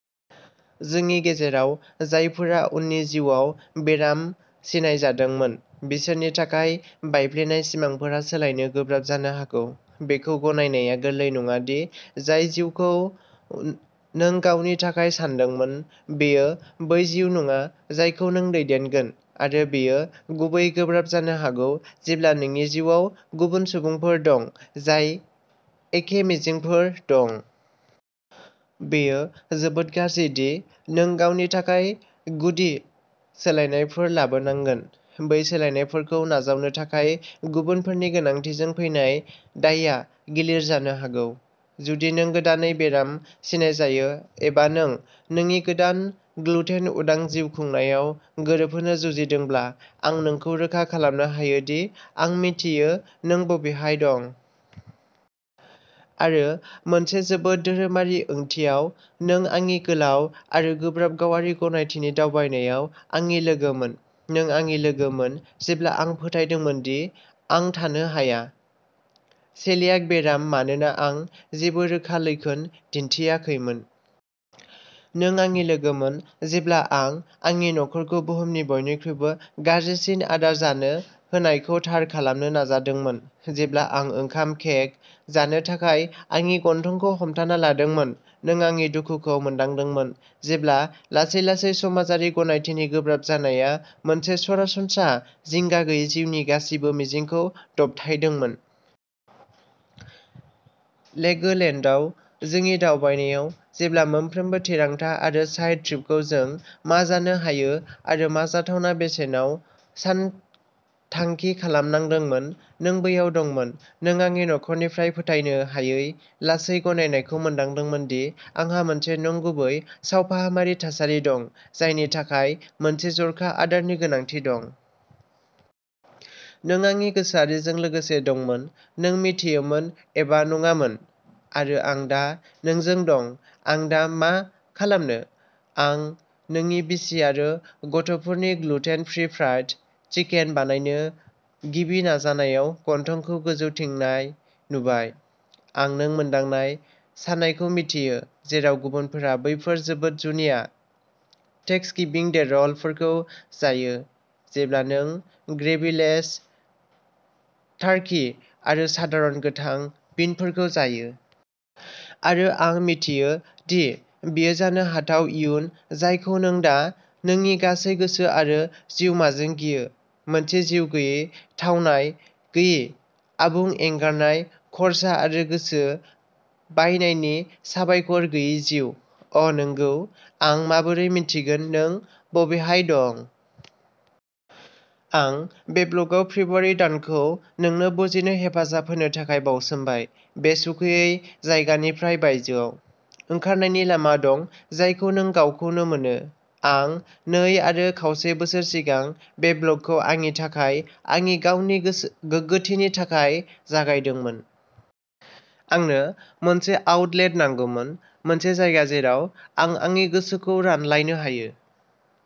जोंनि गेजेराव जायफोरा उननि जिउआव बेराम सिनायजादोंमोन, बिसोरनि थाखाय बायफ्लेनाय सिमांफोरा सोलायनो गोब्राब जानो हागौ। बेखौ गनायनाया गोरलै नङा दि जाय जिउखौ नों गावनि थाखाय सानदोंमोन, बेयो बै जिउ नङा जायखौ नों दैदेनगोन, आरो बेयो गुबैयै गोब्राब जानो हागौ जेब्ला नोंनि जिउआव गुबुन सुबुंफोर दं जाय एखे मिजिंफोर दं। बेयो जोबोद गाज्रि दि नों गावनि थाखाय गुदि सोलायनायफोर लाबोनांगोन; बै सोलायनायफोरखौ नाजावनो थाखाय गुबुनफोरनि गोनांथिजों फैनाय दायआ गिलिर जानो हागौ। जुदि नों गोदानै बेराम सिनायजायो एबा नों नोंनि गोदान ग्लुटेन-उदां जिउ खुंनायाव गोरोबहोनो जुजिदोंब्ला, आं नोंखौ रोखा खालामनो हायो दि आं मिन्थियो नों बबेहाय दं। आरो मोनसे जोबोद धोरोमारि ओंथियाव, नों आंनि गोलाव आरो गोब्राब गावारि गनायथिनि दावबायनायाव आंनि लोगोमोन। नों आंनि लोगोमोन जेब्ला आं फोथायदोंमोन दि आं थानो हाया। सेलियाक बेराम मानोना आं जेबो रोखा लैखोन दिन्थियाखैमोन। नों आंनि लोगोमोन जेब्ला आं आंनि नखरखौ बुहुमनि बयनिख्रुइबो गाज्रिसिन "आदार" जानो होनायखौ थार खालामनो नाजादोंमोन, जेब्ला आं ओंखाम केक जानो थाखाय आंनि गन्थंखौ हमथाना लादोंमोन। नों आंनि दुखुखौ मोनदांदोंमोन जेब्ला लासै-लासै समाजारि गनायथिनि गोब्राब जानाया मोनसे "सरासनस्रा" जिंगा गैयै जिउनि गासिबो मिजिंखौ दबथायदोंमोन। लेगो लेन्डआव जोंनि दावबायनायाव, जेब्ला मोनफ्रोमबो थिरांथा आरो साइड ट्रिपखौ जों मा जानो हायो आरो मा जाथावना बेसेनाव सानथांखि खालामनांदोंमोन, नों बैयाव दंमोन। नों आंनि नखरनिफ्राय फोथायनो हायै लासै गनायनायखौ मोनदांदोंमोन दि आंहा मोनसे "नंगुबै" सावफाहामारि थासारि दं जायनि थाखाय मोनसे जर'खा आदारनि गोनांथि दं। नों आंनि गोसोआरिजों लोगोसे दंमोन, नों मिथियोमोन एबा नङामोन। आरो आं दा नोंजों दं! "आं दा मा खालामनो?" आं नोंनि बिसि आरो गथ'फोरनि ग्लुटेन-फ्रि फ्राइड चिकेन बानायनो गिबि नाजानायाव गन्थंखौ गोजौथिंनाय नुबाय। आं नों मोन्दांनाय सानायखौ मिथियो, जेराव गुबुनफोरा बैफोर जोबोद जुनिया थेंक्सगिविं डे र'लफोरखौ जायो, जेब्ला नों ग्रेभि-लेस टार्कि आरो सादारन गोथां बिनफोर जायो। आरो आं मिथियो दि बेयो जानो हाथाव इयुन जायखौ नों दा नोंनि गासै गोसो आरो जिउमाजों गियो, मोनसे जिउ गैयै, थावनाय गैयै, आबुं एंगारनाय, खर्सा आरो गोसो बायनायनि साबायखर गैयै जिउ। अ'नंगौ, आं माबोरै मिन्थिगोन नों बबेहाय दं! आं बे ब्लगआव फेब्रुआरि दानखौ नोंनो बुजिनो हेफाजाब होनो थाखाय बावसोमबाय बे सुखुयै जायगानिफ्राय "बायजोआव" ओंखारनायनि लामा दं जायखौ नों गावखौनो मोनो। आं नै आरो खावसे बोसोर सिगां बे ब्लगखौ आंनि थाखाय, आंनि गावनि गोगोथिनि थाखाय जागायदोंमोन। आंनो मोनसे आउटलेट नांगौमोन, मोनसे जायगा जेराव आं आंनि गोसोखौ रानलायनो हायो।